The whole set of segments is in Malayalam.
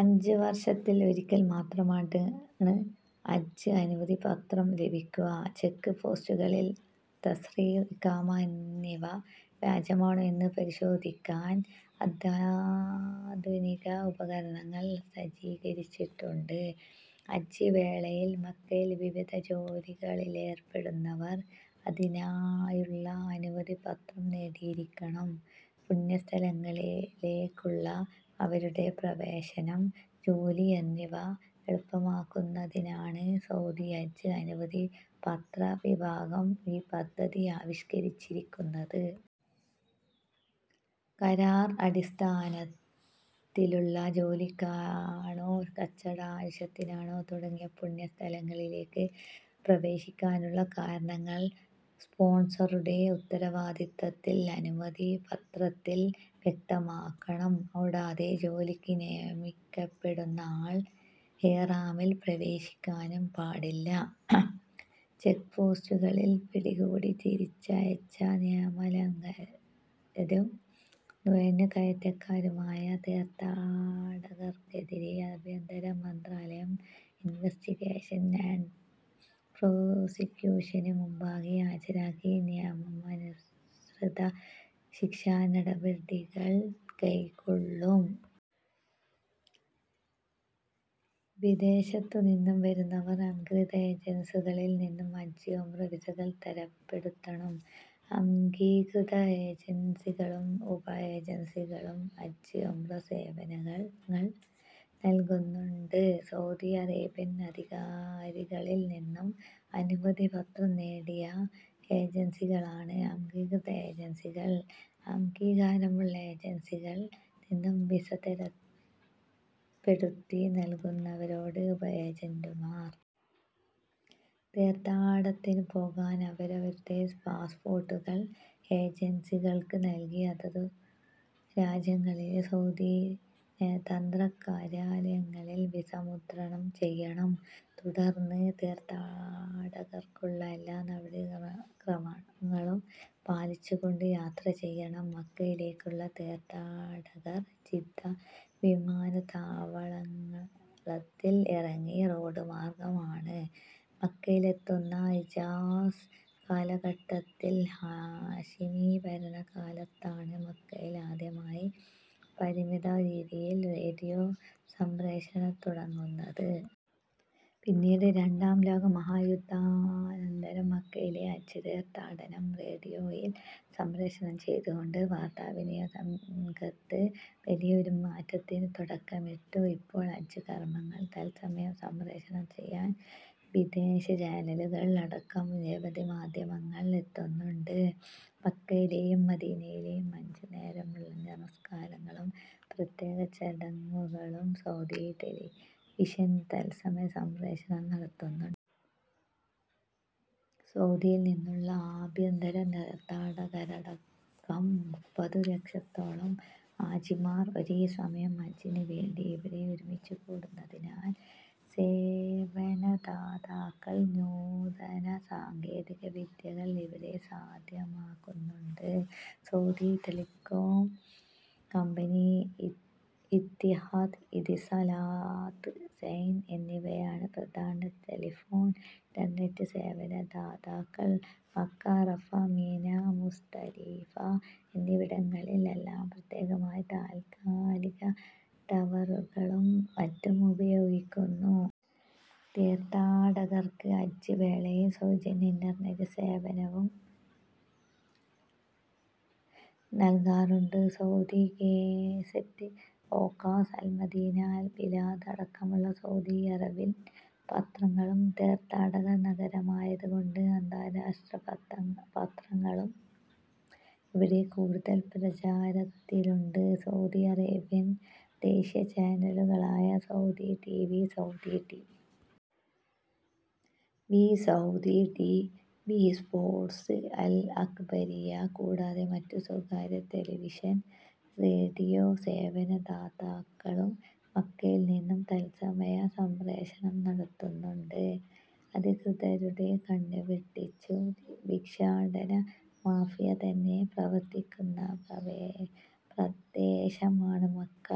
അഞ്ചു വർഷത്തിൽ ഒരിക്കൽ മാത്രമാണ് ഹജ്ജ് അനുമതി പത്രം ലഭിക്കുക. ചെക്ക്പോസ്റ്റുകളിൽ തസ്രീഹ്, ഇഖാമ എന്നിവ വ്യാജമാണോ എന്ന് പരിശോധിക്കാൻ അത്യാധുനിക ഉപകരണങ്ങൾ സജ്ജീകരിച്ചിട്ടുണ്ട്. ഹജ്ജ് വേളയിൽ മക്കയിൽ വിവിധ ജോലികളിലേർപ്പെടുന്നവർ അതിനായുള്ള അനുമതി പത്രം നേടിയിരിക്കണം. പുണ്യസ്ഥലങ്ങളിലേക്കുള്ള അവരുടെ പ്രവേശനം, ജോലി എന്നിവ എളുപ്പമാക്കുന്നതിനാണ് സൗദി ഹജ്ജ് അനുമതി പത്ര വിഭാഗം ഈ പദ്ധതി ആവിഷ്കരിച്ചിരിക്കുന്നത്. കരാർ അടിസ്ഥാനത്തിലുള്ള ജോലിക്കാണോ കച്ചവട ആവശ്യത്തിനാണോ തുടങ്ങി പുണ്യ സ്ഥലങ്ങളിലേക്ക് പ്രവേശിക്കാനുള്ള കാരണങ്ങൾ സ്പോൺസറുടെ ഉത്തരവാദിത്തത്തിൽ അനുമതി പത്രത്തിൽ വ്യക്തമാക്കണം. കൂടാതെ ജോലിക്ക് നിയമിക്കപ്പെടുന്ന ആൾ ഇഹ്റാമിൽ പ്രവേശിക്കാനും പാടില്ല. ചെക്പോസ്റ്റുകളിൽ പിടികൂടി തിരിച്ചയച്ച നിയമലംഘകരും നുഴഞ്ഞുകയറ്റക്കാരുമായ തീർഥാടകർക്കെതിരെ ആഭ്യന്തര മന്ത്രാലയം ഇൻവെസ്റ്റിഗേഷൻ ആൻറ് പ്രോസിക്യൂഷന് മുമ്പാകെ ഹാജരാക്കി നിയമാനുസൃത ശിക്ഷാനടപടികൾ കൈക്കൊള്ളും. വിദേശത്തു നിന്നും വരുന്നവർ അംഗീർത ഏജൻസികളിൽ നിന്നും ഹജ്ജ്-ഉംറ വിസകൾ തരപ്പെടുത്തണം. അംഗീകൃത ഏജൻസികളും ഉപ ഏജൻസികളും ഹജ്ജ് ഉംറ സേവനങ്ങൾ നൽകുന്നുണ്ട്. സൗദി അറേബ്യൻ അധികാരികളിൽ നിന്നും അനുമതി പത്രം നേടിയ ഏജൻസികളാണ് അംഗീകൃത ഏജൻസികൾ. അംഗീകാരമുള്ള ഏജൻസികളിൽ നിന്നും വിസ തരപ്പെടുത്തി നൽകുന്നവരോട്ഉപ ഏജന്റുമാർ. തീർഥാടത്തിനു പോകാൻ അവരവരുടെ പാസ്പോർട്ടുകൾ ഏജൻസികൾക്ക് നൽകി അതതു രാജ്യങ്ങളിലെ സൗദി നയതന്ത്ര കാര്യാലയങ്ങളിൽ വിസ മുദ്രണം ചെയ്യണം. തുടർന്ന് തീർഥാടകർക്കുള്ള എല്ലാ നട വടി ക്രമങ്ങളും പാലിച്ചു കൊണ്ട് യാത്ര ചെയ്യണം. മക്കയിലേക്കുള്ള തീർഥാടകർ ജിദ്ദ വിമാനത്താവളത്തിൽ ഇറങ്ങി റോഡ് മാർഗ്ഗം ആണ് മക്കയിലെത്തുന്ന. ഹിജാസ് കാലഘട്ടത്തിൽ ഹാഷിമീ ഭരണ കാലത്താണ് മക്കയിൽ ആദ്യമായി പരിമിത രീതിയിൽ റേഡിയോ സംപ്രേഷണം തുടങ്ങുന്നത്. പിന്നീട് രണ്ടാം ലോക മഹാ യുദ്ധാനന്തരം മക്കയിലെ ഹജ്ജ് തീർഥാടനം റേഡിയോയിൽ സംപ്രേഷണം ചെയ്തു കൊണ്ട് വാർത്താ വിനിമയ രംഗത്ത് വലിയ ഒരു മാറ്റത്തിന് തുടക്കമിട്ടു. ഇപ്പോൾ ഹജ്ജ് കർമങ്ങൾ തത്സമയം സംപ്രേഷണം ചെയ്യാൻ വിദേശ ചാനലുകൾ അടക്കം നിരവധി മാധ്യമങ്ങൾ എത്തുന്നുണ്ട്. മക്കയിലെയും മദീനയിലെയും അഞ്ചു നേരമുള്ള നമസ്കാരങ്ങളും പ്രത്യേക ചടങ്ങുകളും സൗദി ടെലിവിഷൻ തൽസമയ സംപ്രേഷണം നടത്തുന്നുണ്ട്. സൗദിയിൽ നിന്നുള്ള ആഭ്യന്തര തീർഥാടകരടക്കം മുപ്പതു ലക്ഷത്തോളം ഹാജിമാർ ഒരേ സമയം ഹജ്ജിനു വേണ്ടി ഇവിടെ ഒരുമിച്ചു കൂടുന്നതിനാൽ സേവനദാതാക്കൾ നൂതന സാങ്കേതിക വിദ്യകൾ ഇവിടെ സാധ്യമാക്കുന്നുണ്ട്. Saudi telecom company, Etihad Etisalat, Zain എന്നിവയാണ് പ്രധാന ടെലിഫോൺ, ഇന്റർനെറ്റ് സേവന ദാതാക്കൾ. മക്ക, അറഫ, മിനാ, മുസ്ദലിഫ എന്നിവിടങ്ങളിൽ എല്ലാം പ്രത്യേകമായി താൽകാലിക ടവറുകളും മറ്റും ഉപയോഗിക്കുന്നു. തീർഥാടകർക്കു ഹജ്ജ് വേളയിൽ സൗജന്യ ഇന്റർനെറ്റ് സേവനവും നൽകാറുണ്ട്. Saudi Gazette, Okaz, Al Madina, Al Bilad അടക്കമുള്ള സൗദി അറബിൻ പത്രങ്ങളും തീർഥാടക നഗരമായത് കൊണ്ട് അന്താരാഷ്ട്ര പത്രങ്ങളും ഇവിടെ കൂടുതൽ പ്രചാരത്തിലുണ്ട്. സൗദി അറേബ്യൻ ദേശീയ ചാനലുകളായ Saudi T. V, Saudi T. V, Saudi T. V sports, Al Akhbariya കൂടാതെ മറ്റു സ്വകാര്യ ടെലിവിഷൻ, റേഡിയോ സേവന ദാതാക്കളും മക്കയിൽ നിന്നും തൽസമയ സംപ്രേഷണം നടത്തുന്നുണ്ട്.. അധികൃതരുടെ കണ്ണ് വെട്ടിച്ചു ഭിക്ഷാടന മാഫിയ തന്നെ പ്രവർത്തിക്കുന്ന പ്രദേശമാണ് മക്ക.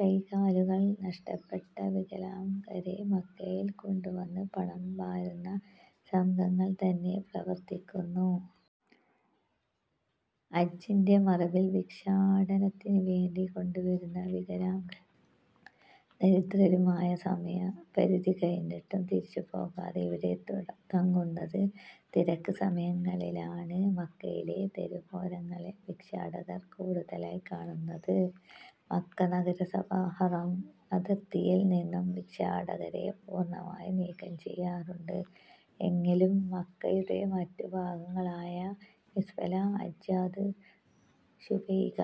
കൈകാലുകൾ നഷ്ടപ്പെട്ട വികലാംഗരെ മക്കയിൽ കൊണ്ടുവന്ന് പണം വാരുന്ന സംഘങ്ങൾ തന്നെ പ്രവർത്തിക്കുന്നു. ഹജ്ജിന്റെ മറവിൽ ഭിക്ഷാടനത്തിനു വേണ്ടി കൊണ്ടുവരുന്ന വികലാംഗ ദരിദ്രരുമായ സമയപരിധി കഴിഞ്ഞിട്ടും തിരിച്ചുപോകാതെ ഇവിടെ തങ്ങുന്നത്. തിരക്ക് സമയങ്ങളിലാണ് മക്കയിലെ തെരുവോരങ്ങളിൽ ഭിക്ഷാടകർ കൂടുതലായി കാണുന്നത്. മക്ക നഗരസഭ ഹറം അതിർത്തിയിൽ നിന്നും ഭിക്ഷാടകരെ പൂർണമായും നീക്കം ചെയ്യാറുണ്ട്. എങ്കിലും മക്കയുടെ മറ്റു ഭാഗങ്ങളായ മിസ്ഫല, അജ്യാദ്, ശുബൈഖ,